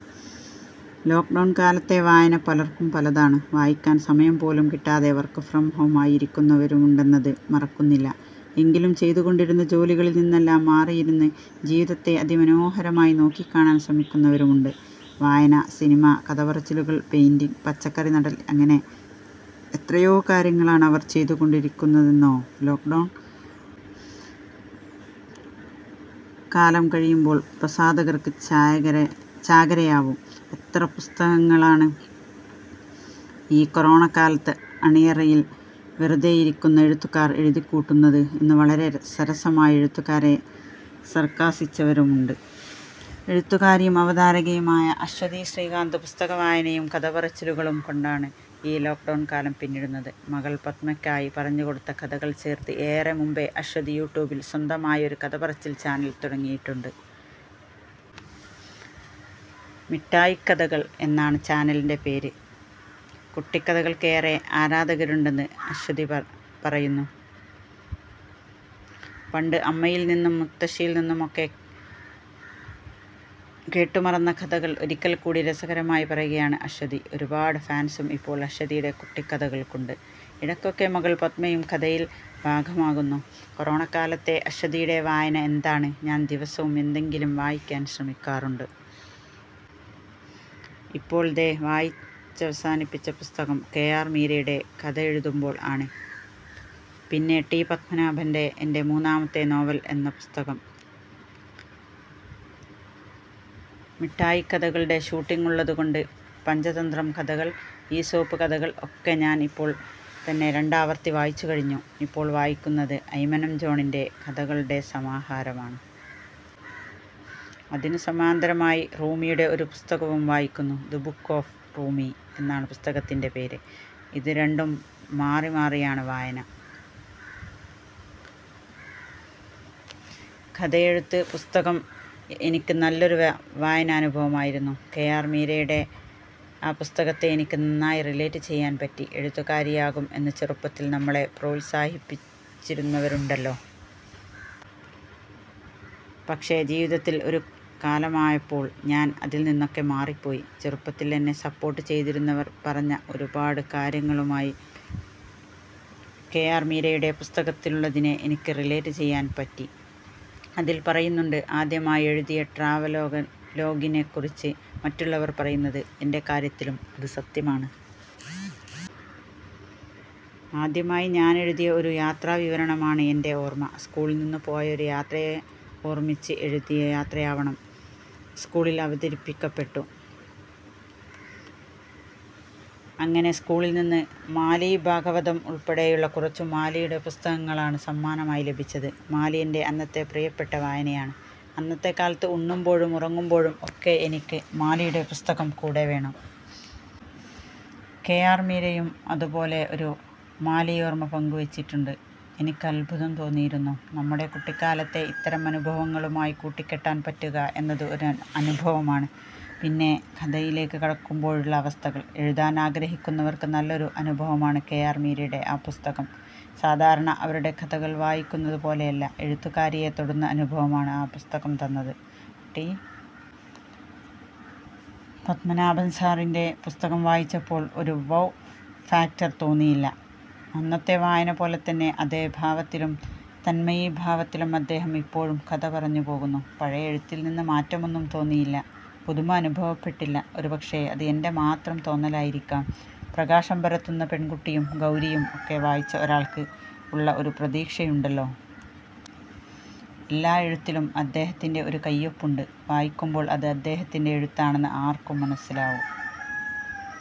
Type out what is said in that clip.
Lockdown കാലത്തെ വായന പലർക്കും പലതാണ്. വായിക്കാൻ സമയം പോലും കിട്ടാതെ വർക്ക് ഫ്രം ഹോം ആയി ഇരിക്കുന്നവരുമുണ്ടെന്നത് മറക്കുന്നില്ല. എങ്കിലും ചെയ്തുകൊണ്ടിരുന്ന ജോലികളിൽ നിന്നെല്ലാം മാറിയിരുന്ന് ജീവിതത്തെ അതിമനോഹരമായി നോക്കിക്കാണാൻ ശ്രമിക്കുന്നവരുമുണ്ട്. വായന, സിനിമ, കഥപറച്ചിലുകൾ, പെയിന്റിങ്, പച്ചക്കറി നടൽ അങ്ങനെ എത്രയോ കാര്യങ്ങളാണ് അവർ ചെയ്തുകൊണ്ടിരിക്കുന്നതെന്നോ. ലോക്ഡൗൺ കാലം കഴിയുമ്പോൾ പ്രസാധകർക്ക് ചായകര ചാകരയാവും. എത്ര പുസ്തകങ്ങളാണ് ഈ കൊറോണക്കാലത്ത് അണിയറയിൽ വെറുതെയിരിക്കുന്ന എഴുത്തുകാർ എഴുതിക്കൂട്ടുന്നത് എന്ന് വളരെ സരസമായി എഴുത്തുകാരെ സർക്കാസിച്ചവരുമുണ്ട്. എഴുത്തുകാരിയും അവതാരകയുമായ അശ്വതി ശ്രീകാന്ത് പുസ്തകവായനയും കഥപറച്ചിലുകളും കൊണ്ടാണ് ഈ ലോക്ഡൗൺ കാലം പിന്നിടുന്നത്. മകൾ പദ്മയ്ക്കായി പറഞ്ഞുകൊടുത്ത കഥകൾ ചേർത്ത് ഏറെ മുൻപേ അശ്വതി യൂട്യൂബിൽ സ്വന്തമായി ഒരു കഥപറച്ചിൽ ചാനൽ തുടങ്ങിയിട്ടുണ്ട്. മിട്ടായിക്കഥകൾ എന്നാണ് ചാനലിൻ്റെ പേര്. കുട്ടിക്കഥകൾക്ക് ഏറെ ആരാധകരുണ്ടെന്ന് അശ്വതി പർ പറയുന്നു. പണ്ട് അമ്മയിൽനിന്നും മുത്തശ്ശിയിൽനിന്നുമൊക്കെ കേട്ടുമറന്ന കഥകൾ ഒരിക്കൽ കൂടി രസകരമായി പറയുകയാണ് അശ്വതി. ഒരുപാട് ഫാൻസും ഇപ്പോൾ അശ്വതിയുടെ കുട്ടിക്കഥകൾക്കുണ്ട്. ഇടയ്ക്കൊക്കെ മകൾ പദ്മയും കഥയിൽ ഭാഗമാകുന്നു. കൊറോണക്കാലത്തെ അശ്വതിയുടെ വായന എന്താണ്? ഞാൻ ദിവസവും എന്തെങ്കിലും വായിക്കാൻ ശ്രമിക്കാറുണ്ട്. ഇപ്പോൾ ദേ വായിച്ചവസാനിപ്പിച്ച പുസ്തകം കെ ആർ മീരയുടെ കഥ എഴുതുമ്പോൾ ആണ്. പിന്നെ ടി പത്മനാഭൻ്റെ എൻ്റെ മൂന്നാമത്തെ നോവൽ എന്ന പുസ്തകം. മിട്ടായിക്കഥകളുടെ ഷൂട്ടിങ് ഉള്ളതുകൊണ്ട് പഞ്ചതന്ത്രം കഥകൾ, ഈസോപ്പ് കഥകൾ ഒക്കെ ഞാൻ ഇപ്പോൾ തന്നെ രണ്ടാവർത്തി വായിച്ചുകഴിഞ്ഞു. ഇപ്പോൾ വായിക്കുന്നത് അയ്മനം ജോണിൻ്റെ കഥകളുടെ സമാഹാരമാണ്. അതിനു സമാന്തരമായി റൂമിയുടെ ഒരു പുസ്തകവും വായിക്കുന്നു. ദ് ബുക്ക് ഓഫ് റൂമി എന്നാണ് പുസ്തകത്തിൻ്റെ പേര്. ഇത് രണ്ടും മാറിമാറിയാണ് വായന. കഥയെഴുത്ത് പുസ്തകം എനിക്ക് നല്ലൊരു വ വായനാനുഭവമായിരുന്നു. കെ ആർ മീരയുടെ ആ പുസ്തകത്തെ എനിക്ക് നന്നായി റിലേറ്റ് ചെയ്യാൻ പറ്റി. എഴുത്തുകാരിയാകും എന്ന് ചെറുപ്പത്തിൽ നമ്മളെ പ്രോത്സാഹിപ്പിച്ചിരുന്നവരുണ്ടല്ലോ. പക്ഷേ ജീവിതത്തിൽ ഒരു കാലമായപ്പോൾ ഞാൻ അതിൽ നിന്നൊക്കെ മാറിപ്പോയി. ചെറുപ്പത്തിൽ എന്നെ സപ്പോർട്ട് ചെയ്തിരുന്നവർ പറഞ്ഞ ഒരുപാട് കാര്യങ്ങളുമായി കെ ആർ മീരയുടെ പുസ്തകത്തിലുള്ളതിനെ എനിക്ക് റിലേറ്റ് ചെയ്യാൻ പറ്റി. അതിൽ പറയുന്നുണ്ട്, ആദ്യമായി എഴുതിയ ട്രാവലോഗൻ ലോഗിനെക്കുറിച്ച് മറ്റുള്ളവർ പറയുന്നത്. എൻ്റെ കാര്യത്തിലും അതു സത്യമാണ്. ആദ്യമായി ഞാനെഴുതിയ ഒരു യാത്രാവിവരണമാണ് എൻ്റെ ഓർമ. സ്കൂളിൽനിന്നു പോയ ഒരു യാത്രയെ ഓർമിച്ച് എഴുതിയ യാത്രയാവണം സ്കൂളിൽ അവതരിപ്പിക്കപ്പെട്ടു. അങ്ങനെ സ്കൂളിൽനിന്ന് മാലി ഭാഗവതം ഉൾപ്പെടെയുള്ള കുറച്ചു മാലിയുടെ പുസ്തകങ്ങളാണ് സമ്മാനമായി ലഭിച്ചത്. മാലി എൻ്റെ അന്നത്തെ പ്രിയപ്പെട്ട വായനയാണ്. അന്നത്തെ കാലത്ത് ഉണ്ണുമ്പോഴും ഉറങ്ങുമ്പോഴും ഒക്കെ എനിക്ക് മാലിയുടെ പുസ്തകം കൂടെ വേണം. കെ ആർ മീരയും അതുപോലെ ഒരു മാലിയോർമ പങ്കുവച്ചിട്ടുണ്ട്. എനിക്ക് അത്ഭുതം തോന്നിയിരുന്നു. നമ്മുടെ കുട്ടിക്കാലത്തെ ഇത്തരം അനുഭവങ്ങളുമായി കൂട്ടിക്കെട്ടാൻ പറ്റുക എന്നത് ഒരു അനുഭവമാണ്. പിന്നെ കഥയിലേക്ക് കടക്കുമ്പോഴുള്ള അവസ്ഥകൾ. എഴുതാൻ ആഗ്രഹിക്കുന്നവർക്ക് നല്ലൊരു അനുഭവമാണ് കെ ആർ മീരയുടെ ആ പുസ്തകം. സാധാരണ അവരുടെ കഥകൾ വായിക്കുന്നത് പോലെയല്ല, എഴുത്തുകാരിയെ തൊടുന്ന അനുഭവമാണ് ആ പുസ്തകം തന്നത്.ടി പത്മനാഭൻ സാറിൻ്റെ പുസ്തകം വായിച്ചപ്പോൾ ഒരു വൗ ഫാക്ടർ തോന്നിയില്ല. അന്നത്തെ വായന പോലെ തന്നെ അതേഭാവത്തിലും തന്മയീഭാവത്തിലും അദ്ദേഹം ഇപ്പോഴും കഥ പറഞ്ഞുപോകുന്നു. പഴയ എഴുത്തിൽനിന്ന് മാറ്റമൊന്നും തോന്നിയില്ല. പുതുമ അനുഭവപ്പെട്ടില്ല. ഒരുപക്ഷേ അത് എൻ്റെ മാത്രം തോന്നലായിരിക്കാം. പ്രകാശം പരത്തുന്ന പെൺകുട്ടിയും ഗൗരിയും ഒക്കെ വായിച്ച ഒരാൾക്ക് ഉള്ള ഒരു പ്രതീക്ഷയുണ്ടല്ലോ. എല്ലാ എഴുത്തിലും അദ്ദേഹത്തിൻ്റെ ഒരു കയ്യൊപ്പുണ്ട്. വായിക്കുമ്പോൾ അത് അദ്ദേഹത്തിൻ്റെ എഴുത്താണെന്ന് ആർക്കും മനസ്സിലാകും.